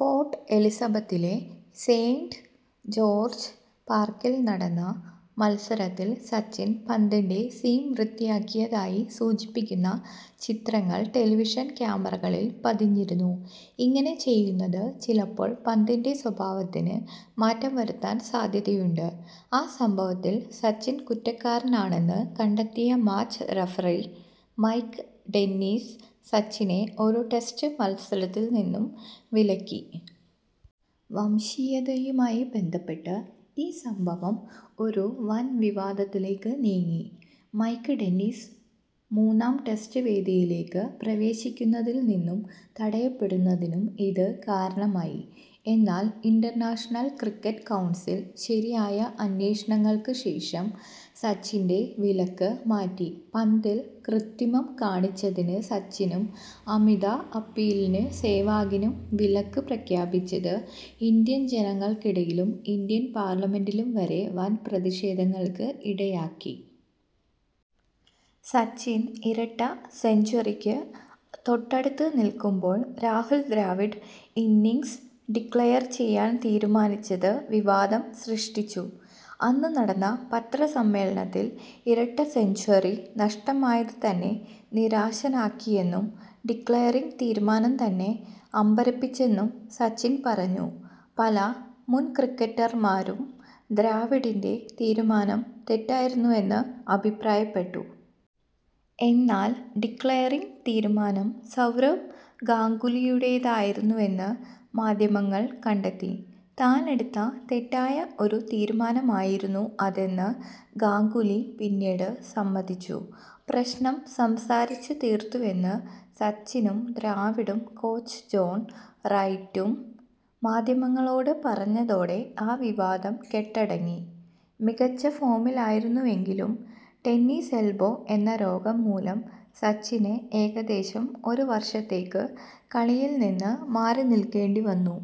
Port എലിസബത്തിലെ saint George പാർക്കിൽ നടന്ന മത്സരത്തിൽ സച്ചിൻ പന്തിന്റെ സീം വൃത്തിയാക്കിയതായി സൂചിപ്പിക്കുന്ന ചിത്രങ്ങൾ ടെലിവിഷൻ ക്യാമറകളിൽ പതിഞ്ഞിരുന്നു. ഇങ്ങനെ ചെയ്യുന്നത് ചിലപ്പോൾ പന്തിന്റെ സ്വഭാവത്തിന് മാറ്റം വരുത്താൻ സാധ്യതയുണ്ട്. ആ സംഭവത്തിൽ സച്ചിൻ കുറ്റക്കാരനാണെന്ന് കണ്ടെത്തിയ മാച്ച് റഫറി മൈക്ക് ഡെന്നിസ് സച്ചിനെ ഒരു ടെസ്റ്റ് മത്സരത്തിൽ നിന്നും വിലക്കി. വംശീയതയുമായി ബന്ധപ്പെട്ട് ഈ സംഭവം ഒരു വൻ വിവാദത്തിലേക്ക് നീങ്ങി. മൈക്ക് ഡെന്നിസ് മൂന്നാം ടെസ്റ്റ് വേദിയിലേക്ക് പ്രവേശിക്കുന്നതിൽ നിന്നും തടയപ്പെടുന്നതിനും ഇത് കാരണമായി. എന്നാൽ ഇന്റർനാഷണൽ ക്രിക്കറ്റ് കൗൺസിൽ ശരിയായ അന്വേഷണങ്ങൾക്ക് ശേഷം സച്ചിന്റെ വിലക്ക് മാറ്റി. പന്തിൽ കൃത്രിമം കാണിച്ചതിന് സച്ചിനും അമിത അപ്പീലിന് സേവാഗിനും വിലക്ക് പ്രഖ്യാപിച്ചത് ഇന്ത്യൻ ജനങ്ങൾക്കിടയിലും ഇന്ത്യൻ പാർലമെന്റിലും വരെ വൻ പ്രതിഷേധങ്ങൾക്ക് ഇടയാക്കി. സച്ചിൻ ഇരട്ട സെഞ്ച്വറിക്ക് തൊട്ടടുത്ത് നിൽക്കുമ്പോൾ രാഹുൽ ദ്രാവിഡ് ഇന്നിംങ്സ് ഡിക്ലയർ ചെയ്യാൻ തീരുമാനിച്ചത് വിവാദം സൃഷ്ടിച്ചു. അന്ന് നടന്ന പത്ര സമ്മേളനത്തിൽ ഇരട്ട സെഞ്ച്വറി നഷ്ടമായത് തന്നെ നിരാശനാക്കിയെന്നും ഡിക്ലയറിങ്ങ് തീരുമാനം തന്നെ അമ്പരപ്പിച്ചെന്നും സച്ചിൻ പറഞ്ഞു. പല മുൻക്രിക്കറ്റർമാരും ദ്രാവിഡിന്റെ തീരുമാനം തെറ്റായിരുന്നുവെന്ന് അഭിപ്രായപ്പെട്ടു.. എന്നാൽ ഡിക്ലയറിങ്ങ് തീരുമാനം സൗരവ് ഗാംഗുലിയുടേതായിരുന്നുവെന്ന് മാധ്യമങ്ങൾ കണ്ടെത്തി. താനെടുത്ത തെറ്റായ ഒരു തീരുമാനമായിരുന്നു അതെന്ന് ഗാംഗുലി പിന്നീട് സമ്മതിച്ചു. പ്രശ്നം സംസാരിച്ചു തീർത്തുവെന്ന് സച്ചിനും ദ്രാവിഡും കോച്ച് ജോൺ റൈറ്റും മാധ്യമങ്ങളോട് പറഞ്ഞതോടെ ആ വിവാദം കെട്ടടങ്ങി. മികച്ച ഫോമിലായിരുന്നുവെങ്കിലും ടെന്നീസ് എൽബോ എന്ന രോഗം മൂലം സച്ചിന് ഏകദേശം ഒരു വർഷത്തേക്ക് കളിയിൽ നിന്ന് മാറി നിൽക്കേണ്ടിവന്നു.